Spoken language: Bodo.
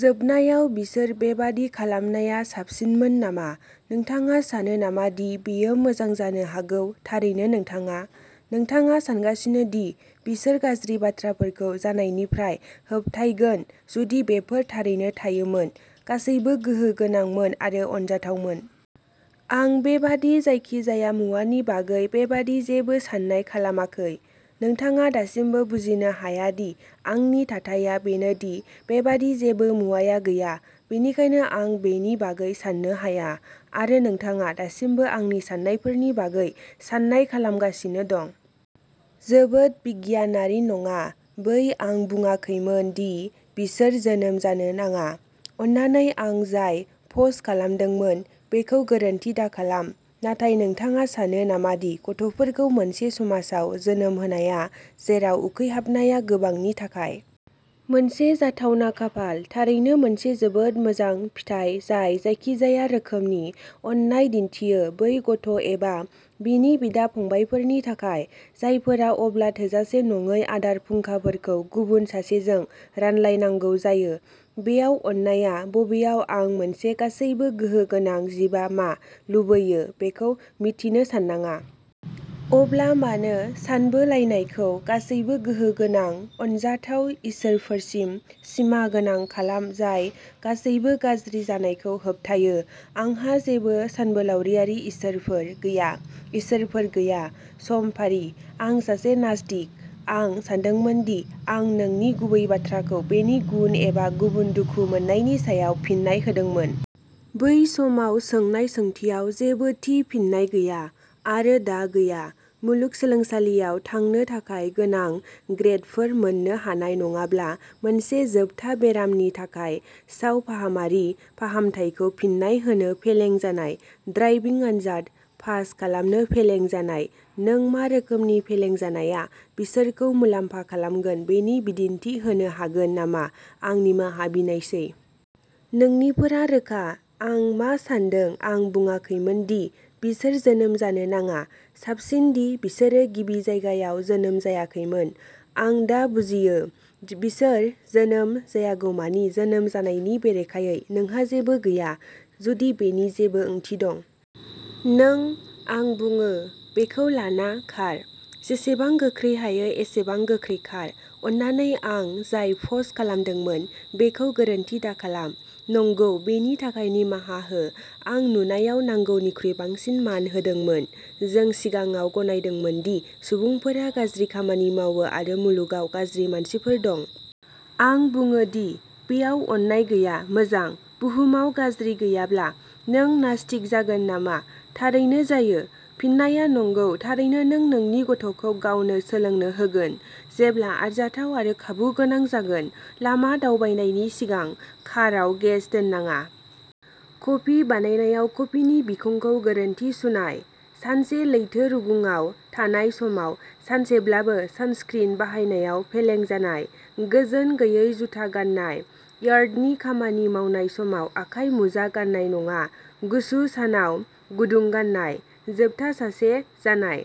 जोबनायाव बिसोर बेबादि खालामनाया साबसिनमोन नामा नोंथाङा सानो नामा दि बेयो मोजां जानो हागौ थारैनो नोंथाङा। नोंथाङा सानगासिनो दि बिसोर गाज्रि बाथ्राफोरखौ जानायनिफ्राय होबथायगोन जुदि बेफोर थारैनो थायोमोन, गासैबो गोहो गोनांमोन आरो अनजाथावमोन। आं बेबादि जायखिजाया मुवानि बागै बेबादि जेबो सान्नाय खालामाखै। नोंथाङा दासिमबो बुजिनो हाया दि आंनि थाथाया बेनो दि बेबादि जेबो मुवाया गैया, बेनिखायनो आं बेनि बागै सान्नो हाया। आरो नोंथाङा दासिमबो आंनि सान्नायफोरनि बागै सान्नाय खालामगासिनो दं। जोबोद बिगियानारि नङा, बै आं बुंङाखैमोन दि बिसोर जोनोम जानो नाङा। अन्नानै आं जाय पस्ट खालामदोंमोन बेखौ गोरोन्थि दाखालाम। नाथाय नोंथाङा सानो नामा दि गथ'फोरखौ मोनसे समाजाव जोनोम होनाया जेराव उखैहाबनाया गोबांनि थाखाय मोनसे जाथावना खाफाल, थारैनो मोनसे जोबोद मोजां फिथाय जाय जायखिजाया रोखोमनि अननाय दिन्थियो बै गथ' एबा बिनि बिदा-फंबायफोरनि थाखाय, जायफोरा अब्ला थोजासे नङै आदार फुंखाफोरखौ गुबुन सासेजों रानलायनांगौ जायो बेयाव अननायआ बबेयाव आं मोनसे गासैबो गोहो गोनां जिबआ मा लुबैयो बेखौ मिन्थिनो साननाङा। अब्ला मानो सानबोलायनायखौ गासैबो गोहो गोनां, अनजाथाव इसोरफोरसिम सिमागोनां खालाम जाय गासैबो गाज्रि जानायखौ होबथायो आंहा जेबो सानबोलावरियारि इसोरफोर गैया। इसोरफोर गैया। समफारि। आं सासे नास्तिक। आं सानदोंमोन दि आं नोंनि गुबै बाथ्राखौ बेनि गुन एबा गुबुन दुखु मोन्नायनि सायाव फिन्नाय होदोंमोन। बै समाव सोंनाय सोंथियाव जेबो थि फिननाय गैया। आरो दा गैया। मुलुगसोलोंसालियाव थांनो थाखाय गोनां ग्रेदफोर मोन्नो हानाय नङाब्ला मोनसे जोबथा बेरामनि थाखाय सावफाहामारि फाहामथायखौ फिन्नाय होनो फेलें जानाय ड्राइभिं आनजाद पास खालामनो फेलें जानाय नों मा रोखोमनि फेलें जानाया बिसोरखौ मुलाम्फा खालामगोन बेनि बिदिन्थि होनो हागोन नामा आं निमाहा बिनायसै। नोंनिफोरा रोखा। आं मा सान्दों आं बुंङाखैमोन दि बिसोर जोनोम जानो नाङा। साबसिन दि बिसोरो गिबि जायगायाव जोनोम जायाखैमोन। आं दा बुजियो। बिसोर जोनोम जायागौमानि जोनोम जानायनि बेरेखायै नोंहा जेबो गैया। जुदि बेनि जेबो ओंथि दं। नों, आं बुङो, बेखौ लाना खार, जेसेबां गोख्रै हायो एसेबां गोख्रै खार। अन्नानै आं जाय पस्ट खालामदोंमोन बेखौ गोरोन्थि दाखालाम। नंगौ, बेनि थाखाय निमाहा हो। आं नुनायाव नांगौनिख्रुइ बांसिन मान होदोंमोन। जों सिगाङाव गनायदोंमोन दि सुबुंफोरा गाज्रि खामानि मावो आरो मुलुगाव गाज्रि मानसिफोर दं। आं बुङो दि बेयाव अननाय गैया। मोजां। बुहुमाव गाज्रि गैयाब्ला, नों नास्तिक जागोन नामा? थारैनो जायो। फिननाया नंगौ। थारैनो नों नोंनि गथ'खौ गावनो सोलोंनो होगोन, जेब्ला आरजाथाव आरो खाबुगोनां जागोन। लामा दावबायनायनि सिगां काराव गेस दोनाङा। कफि बानायनायाव कफिनि बिखंखौ गोरोन्थि सुनाय। सानसे लैथो रुगुङाव थानाय समाव सानसेब्लाबो सानस्क्रिन बाहायनायाव फेलें जानाय। गोजोन गैयै जुता गान्नाय। यार्डनि खामानि मावनाय समाव आखाइ मुजा गान्नाय नङा। गुसु सानाव गुदुं गाननाय। जोबथा सासे जानाय।